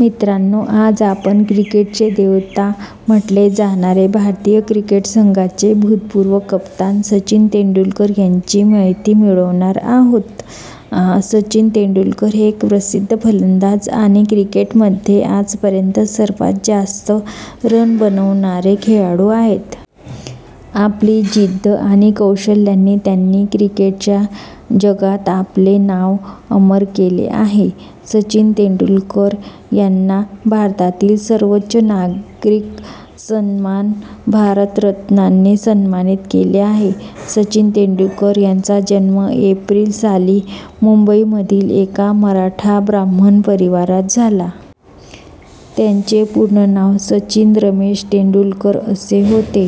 मित्रांनो आज आपण क्रिकेटचे देवता म्हटले जाणारे भारतीय क्रिकेट संघाचे भूतपूर्व कप्तान सचिन तेंडुलकर यांची माहिती मिळवणार आहोत. सचिन तेंडुलकर हे एक प्रसिद्ध फलंदाज आणि क्रिकेटमध्ये आजपर्यंत सर्वात जास्त रन बनवणारे खेळाडू आहेत. आपली जिद्द आणि कौशल्याने त्यांनी क्रिकेटच्या जगात आपले नाव अमर केले आहे. सचिन तेंडुलकर यांना भारतातील सर्वोच्च नागरिक सन्मान भारतरत्नाने सन्मानित केले आहे. सचिन तेंडुलकर यांचा जन्म एप्रिल साली मुंबईमधील एका मराठा ब्राह्मण परिवारात झाला. त्यांचे पूर्ण नाव सचिन रमेश तेंडुलकर असे होते.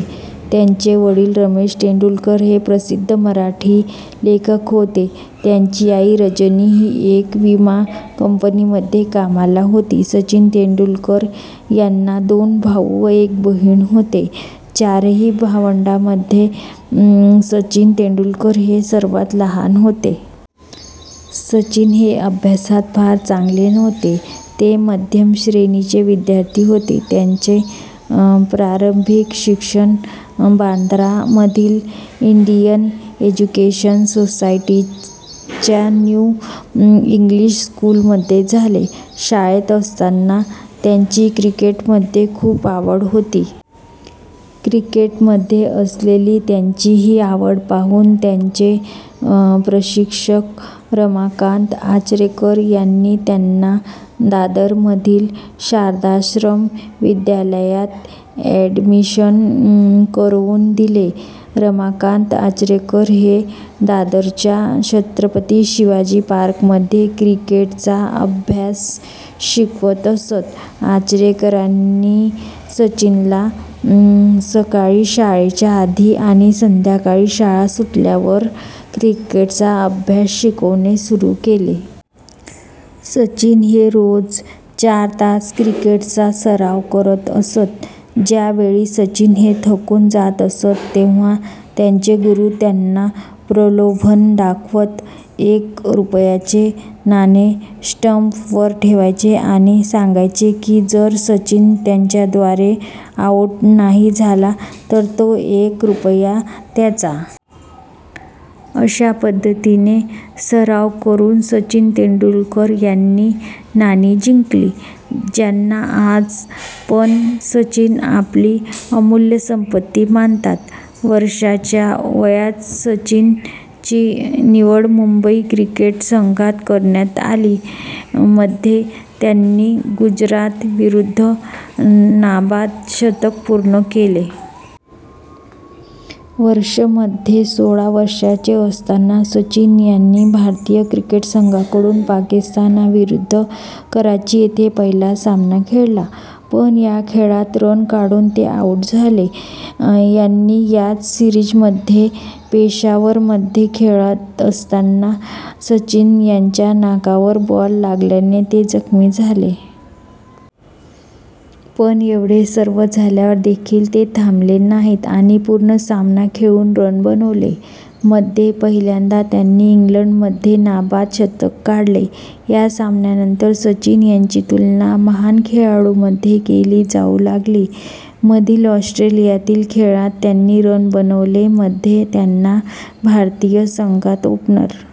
त्यांचे वडील रमेश तेंडुलकर हे प्रसिद्ध मराठी लेखक होते, त्यांची आई रजनी ही एका विमा कंपनीमध्ये कामाला होती. सचिन तेंडुलकर यांना दोन भाऊ व एक बहीण होते, चारही भावंडांमध्ये मध्ये सचिन तेंडुलकर हे सर्वात लहान होते. सचिन हे अभ्यासात फार चांगले नव्हते ते मध्यम श्रेणी चे विद्यार्थी होते. त्यांचे प्रारंभिक शिक्षण बांद्रा मधील इंडियन एज्युकेशन सोसायटी च्या न्यू इंग्लिश स्कूलमध्ये झाले. शाळेत असताना त्यांची क्रिकेट मध्ये खूप आवड होती. क्रिकेटमध्ये असलेली त्यांची ही आवड पाहून त्यांचे प्रशिक्षक रमाकांत आचरेकर यांनी त्यांना दादरमधील शारदाश्रम विद्यालयात ऍडमिशन करवून दिले. रमाकांत आचरेकर हे दादरच्या छत्रपती शिवाजी पार्क मध्ये क्रिकेट चा अभ्यास शिकवत असतं. आचरेकरांनी सचिनला सकाळी शाळेच्या आधी आणि संध्याकाळी शाळा सुटल्यावर क्रिकेटचा अभ्यास शिकवणे सुरू केले. सचिन हे रोज चार तास क्रिकेटच्या सराव करत असत. ज्यावेळी सचिन हे थकून जात असतं, तेव्हा त्यांचे गुरु त्यांना प्रलोभन दाखवत एक रुपयाचे नाणे स्टंप वर ठेवायचे आणि सांगायचे की जर सचिन त्यांच्याद्वारे आऊट नाही झाला तर तो एक रुपया त्याचा. अश्या पद्धतीने सराव करून सचिन तेंडुलकर यांनी नाणी जिंकली, ज्यांना आज पण सचिन आपली अमूल्य संपत्ती मानतात. वर्षाच्या वयात सचिन ची निवड मुंबई क्रिकेट संघात करण्यात आली. मध्ये त्यांनी गुजरात विरुद्ध नाबाद शतक पूर्ण केले. वर्ष मध्ये सोळा वर्षाचे असताना सचिन यांनी भारतीय क्रिकेट संघाकडून पाकिस्तान विरुद्ध कराची येथे पहिला सामना खेळला. पण या खेळात रन काढून ते आऊट झाले. यांनी याच सीरिज मध्ये पेशावर मध्ये खेळात असताना सचिन याच्या नाकावर बॉल लागल्याने ते जखमी झाले. पण येवढे सर्व झाल्यावर देखील ते थांबले नाहीत आणि पूर्ण सामना खेळून रन बनवले. मध्ये पहिल्यांदा त्यांनी इंग्लंड मध्ये नाबाद शतक काढले. या सामन्यानंतर सचिन यांची तुलना महान खेळाडूंमध्ये केली जाऊ लागली. मधील ऑस्ट्रेलियातील खेळात त्यांनी रन बनवले. मध्ये त्यांना भारतीय संघात ओपणर